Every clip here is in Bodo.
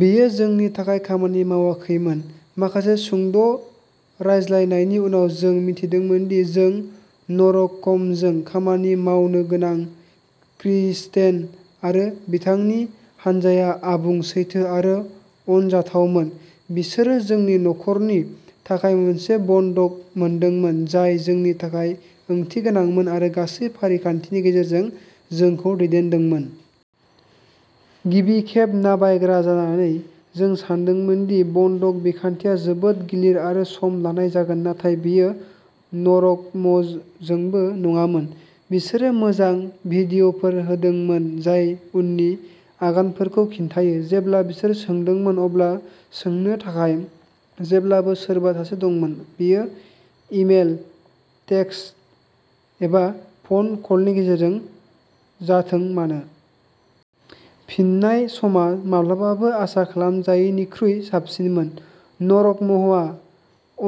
बेयो जोंनि थाखाय खामानि मावाखैमोन। माखासे सुंद'रायज्लायनायनि उनाव, जों मिथिदोंमोन दि जों न'रकमजों खामानि मावनो गोनां। क्रिस्टेन आरो बिथांनि हान्जाया आबुं, सैथो आरो अनजाथावमोन। बिसोरो जोंनि न'खरनि थाखाय मोनसे बन्दक मोनदोंमोन जाय जोंनि थाखाय ओंथिगोनांमोन आरो गासै फारिखान्थिनि गेजेरजों जोंखौ दैदेनदोंमोन। गिबि खेब न'बायग्रा जानानै, जों सान्दोंमोन दि बन्दक बिखान्थिया जोबोद गिलिर आरो सम लानाय जागोन, नाथाय बेयो न'रकमजोंबो नङामोन। बिसोरो मोजां भिडिय'फोर होदोंमोन जाय उननि आगानफोरखौ खिन्थायो। जेब्ला बिसोर सोंदोंमोन अब्ला सोंनो थाखाय जेब्लाबो सोरबा सासे दंमोन, बेयो इमेल, टेक्सट, एबा फ'न कलनि गेजेरजों जाथों मानो। फिननाय समा माब्लाबाबो आसा खालामजायैनिख्रुइ साबसिनमोन। न'रकमहा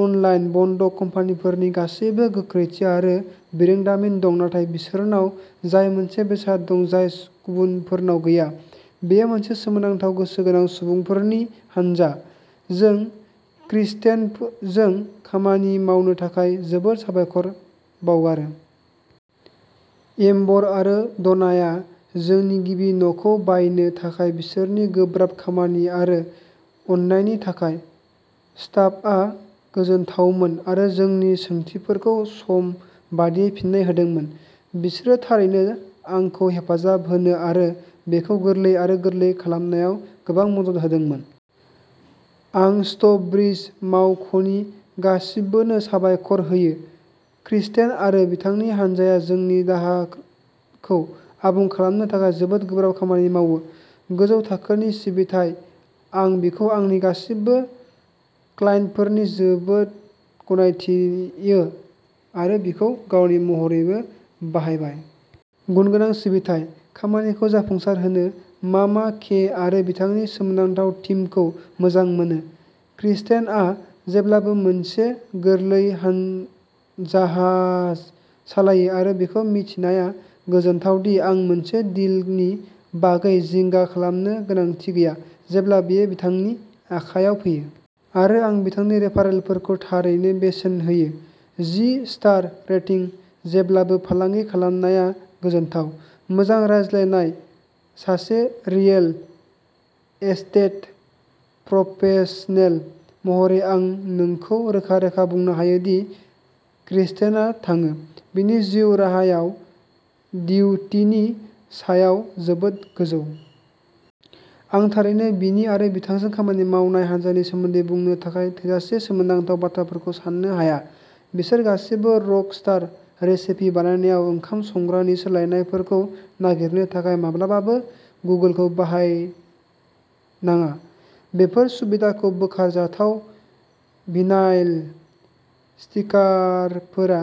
अनलाइन बन्दक कम्पानिफोरनि गासैबो गोख्रैथि आरो बिरोंदामिन दं, नाथाय बिसोरनाव जाय मोनसे बेसाद दं जाय गुबुनफोरनाव गैया, बेयो मोनसे सोमोनांथाव गोसो गोनां सुबुंफोरनि हानजा। जों क्रिस्टेनजों खामानि मावनो थाखाय जोबोद साबायखर बावगारो। एम्बर, आरो डनाआ जोंनि गिबि न'खौ बायनो थाखाय बिसोरनि गोब्राब खामानि आरो अननायनि थाखाय। स्टाफआ गोजोनथावमोन आरो आंनि सोंथिफोरखौ सम बादियै फिन्नाय होदोंमोन। बिसोरो थारैनो आंखौ हेफाजाब होनो आरो बेखौ गोरलै आरो गोरलै खालामनायाव गोबां मदद होदोंमोन। आं स्टर्ब्रिज मावख'नि गासिबोनो साबायखर होयो। क्रिस्टेन आरो बिथांनि हानजाया जोंनि दाहारखौ आबुं खालामनो थाखाय जोबोद गोब्राब खामानि मावो! गोजौ थाखोनि सिबिथाइ! आं बिखौ आंनि गासिबो क्लाइन्टफोरनो जोबोद गनायथियो आरो बिखौ गावारि महरैबो बाहायबाय। गुनगोनां सिबिथाइ! खामानिखौ जाफुंसारहोयो। मामा के आरो बिथांनि सोमोनांथाव टीमखौ मोजां मोनो! क्रिस्टेनआ जेब्लाबो मोनसे गोरलै हान जाहाज सालायो आरो बेखौ मिथिनाया गोजोनथाव दि आं मोनसे डिलनि बागै जिंगा खालामनो गोनांथि गैया, जेब्ला बेयो बिथांनि आखायाव फैयो। आरो आं बिथांनि रेफारेलफोरखौ थारैनो बेसेन होयो। जि स्टार रेटिं! जेब्लाबो फालांगि खालामनाया गोजोनथाव। मोजां रायज्लायनाय! सासे रियेल एस्टेट प्रफेसनेल महरै, आं नोंखौ रोखा रोखा बुंनो हायो दि क्रिस्टेनआ थाङो। बिनि जिउ राहायाव डिउटिनि सायाव जोबोद गोजौ। आं थारैनो बिनि आरो बिथांजों खामानि मावनाय हानजानि सोमोन्दै बुंनो थाखाय थोजासे सोमोनांथाव बाथ्राफोरखौ साननो हाया! बिसोर गासैबो रक स्टार! रेसिपि बानायनायाव ओंखाम संग्रानि सोलायनायफोरखौ नागिरनो थाखाय माब्लाबाबो गुगोलखौ बाहायनाङा! बेफोर सुबिदायै बोखारजाथाव भिनाइल स्टिकारफोरा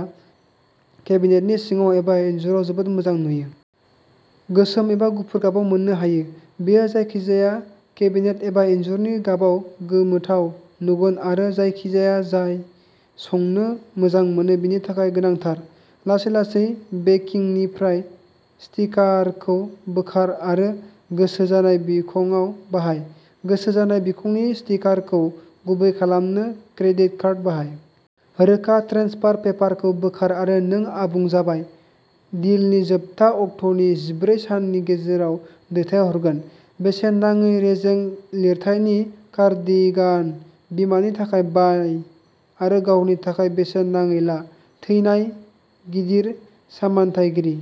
केबिनेटनि सिङाव एबा इनजुराव जोबोद मोजां नुयो। गोसोम एबा गुफुर गाबाव मोननो हायो। बेयो जायखिजाया केबिनेट एबा इनजुरनि गाबाव गोमोथाव नुगोन आरो जायखिजाया जाय संनो मोजां मोनो, बिनि थाखाय गोनांथार! लासै-लासै बेकिंगनिफ्राय स्टिकारखौ बोखार आरो गोसो जानाय बिखंआव बाहाय। गोसो जानाय बिखंनि स्टिकारखौ गुरै खालामनो क्रेडिट कार्ड बाहाय। रोखा ट्रेन्सफार पेपारखौ बोखार आरो नों आबुं जाबाय! डीलनि जोबथा अक्ट'नि जिब्रै साननि गेजेराव दैथायहरगोन। बेसेन नाङै रेजें लिरथायनि कार्डिगान। बिमानि थाखाय बाय आरो गावनि थाखाय बेसेन नाङै ला। थैनाय, गिदिर समानथायगिरि,